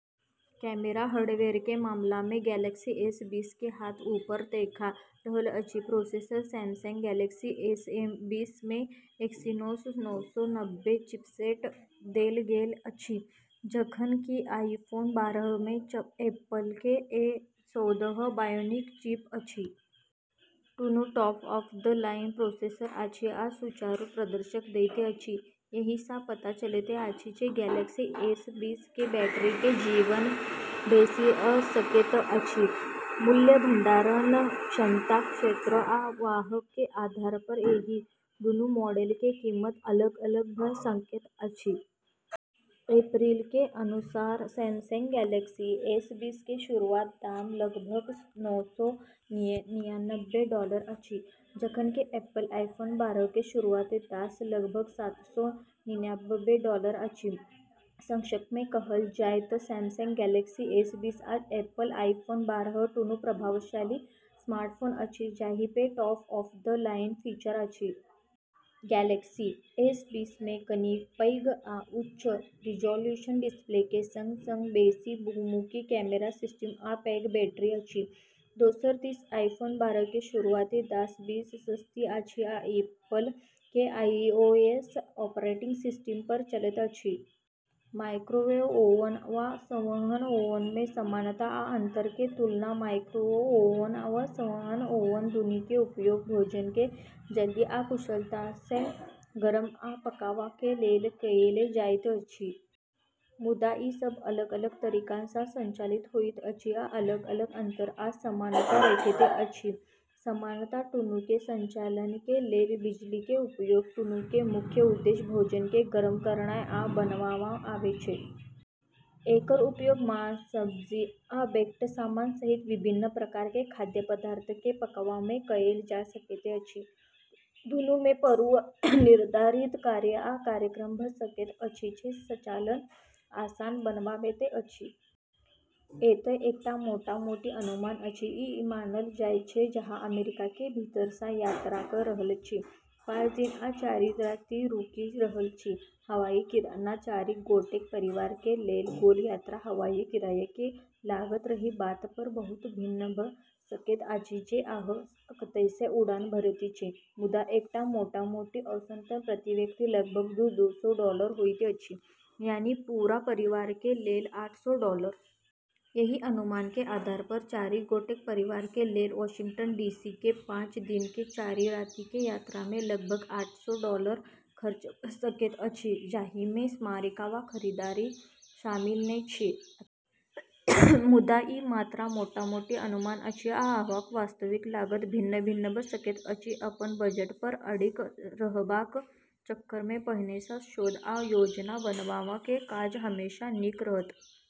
Camera hardware के मामला मे गैलेक्सी एस बीस के हाथ ऊपर देखा रहल अछि। प्रोसेसर: सैमसंग गैलेक्सी एस बीस मे एक्सिनोस नौ सौ नब्बे चिपसेट देल गेल अछि, जखन कि आईफोन बारह मे एप्पल के ए चौदह बायोनिक चिप अछि। दुनू टॉप-ऑफ-द-लाइन प्रोसेसर अछि आ सुचारू प्रदर्शन दैत अछि। एहि सँ पता चलैत अछि जे गैलेक्सी एस बीस के बैटरी के जीवन बेसी भ' सकैत अछि। मूल्य: भंडारण क्षमता, क्षेत्र आ वाहक के आधार पर एहि दूनू मॉडल के कीमत अलग-अलग भ' सकैत अछि। अप्रैल के अनुसार सैमसंग गैलेक्सी एस बीस के शुरुआती दाम लगभग नौ सौ निन्यानबे डॉलर अछि, जखन कि एप्पल आईफोन बारह के शुरुआती दाम लगभग सात सौ निन्यानबे डॉलर अछि। संक्षेप मे कहल जाय त' सैमसंग गैलेक्सी एस बीस आ एप्पल आईफोन बारह दुनू प्रभावशाली स्मार्टफोन अछि जाहि मे टॉप-ऑफ-द-लाइन फीचर अछि। गैलेक्सी एस बीस मे कनि पैघ आ उच्च रिजॉल्यूशन डिस्प्ले के संग-संग बेसी बहुमुखी कैमरा सिस्टम आ पैघ बैटरी अछि। दोसर दिस आईफोन बारह के शुरुआती दाम बेसी सस्ती अछि आ ई एप्पल के आईओएस ऑपरेटिंग सिस्टम पर चलैत अछि। माइक्रोवेव ओवन आ संवहन ओवन मे समानता आ अंतर के तुलना: माइक्रोवेव ओवन आ संवहन ओवन दुनू के उपयोग भोजन के जल्दी आ कुशलता सँ गरम आ पकावा के लेल कएल जायत अछि। मुदा, ई सब अलग-अलग तरीका सँ संचालित होइत अछि आ अलग-अलग अंतर आ समानता रखैत अछि। समानता: दुनू के संचालन के लेल बिजली के उपयोग। दुनू के मुख्य उद्देश्य भोजन के गरम करनाय आ बनानाय छै। एकर उपयोग मांस, सब्जी, आ बेक्ड सामान सहित विभिन्न प्रकार के खाद्य पदार्थ के पकावा मे कएल जा सकैत अछि। दुनू मे पूर्व निर्धारित कार्य या कार्यक्रम भ' सकैत अछि जे संचालन आसान बनाबैत अछि। एतय एकटा मोटा-मोटी अनुमान अछि, ई मानल जाय जे अहाँ अमेरिका के भीतर सँ यात्रा क' रहल छी, पाँच दिन आ चारि राति रुकि रहल छी: हवाई किराया: चारि गोटेक परिवार के लेल गोल-यात्रा हवाई किराया के लागत एहि बात पर बहुत भिन्न भ' सकैत अछि जे अहाँ कतय सँ उड़ान भरैत छी, मुदा एकटा मोटा-मोटी औसतन प्रति व्यक्ति लगभग दू सौ डॉलर होइत अछि, यानी पूरा परिवार के लेल आठ सौ डॉलर। एहि अनुमान के आधार पर चारि गोटेक परिवार के लेल वाशिंगटन डी. सी. के पाँच दिन के चारि राति के यात्रा मे लगभग आठ सौ डॉलर खर्च भ' सकैत अछि, जाहि मे स्मारिका वा खरीदारी शामिल नै अछि। मुदा, ई मात्र मोटा-मोटी अनुमान अछि, आ अहाँक वास्तविक लागत भिन्न-भिन्न भ' सकैत अछि। अपन बजट पर अडिग रहबाक चक्कर मे पहिने सँ शोध आ योजना बनाबय के काज हमेशा नीक रहत।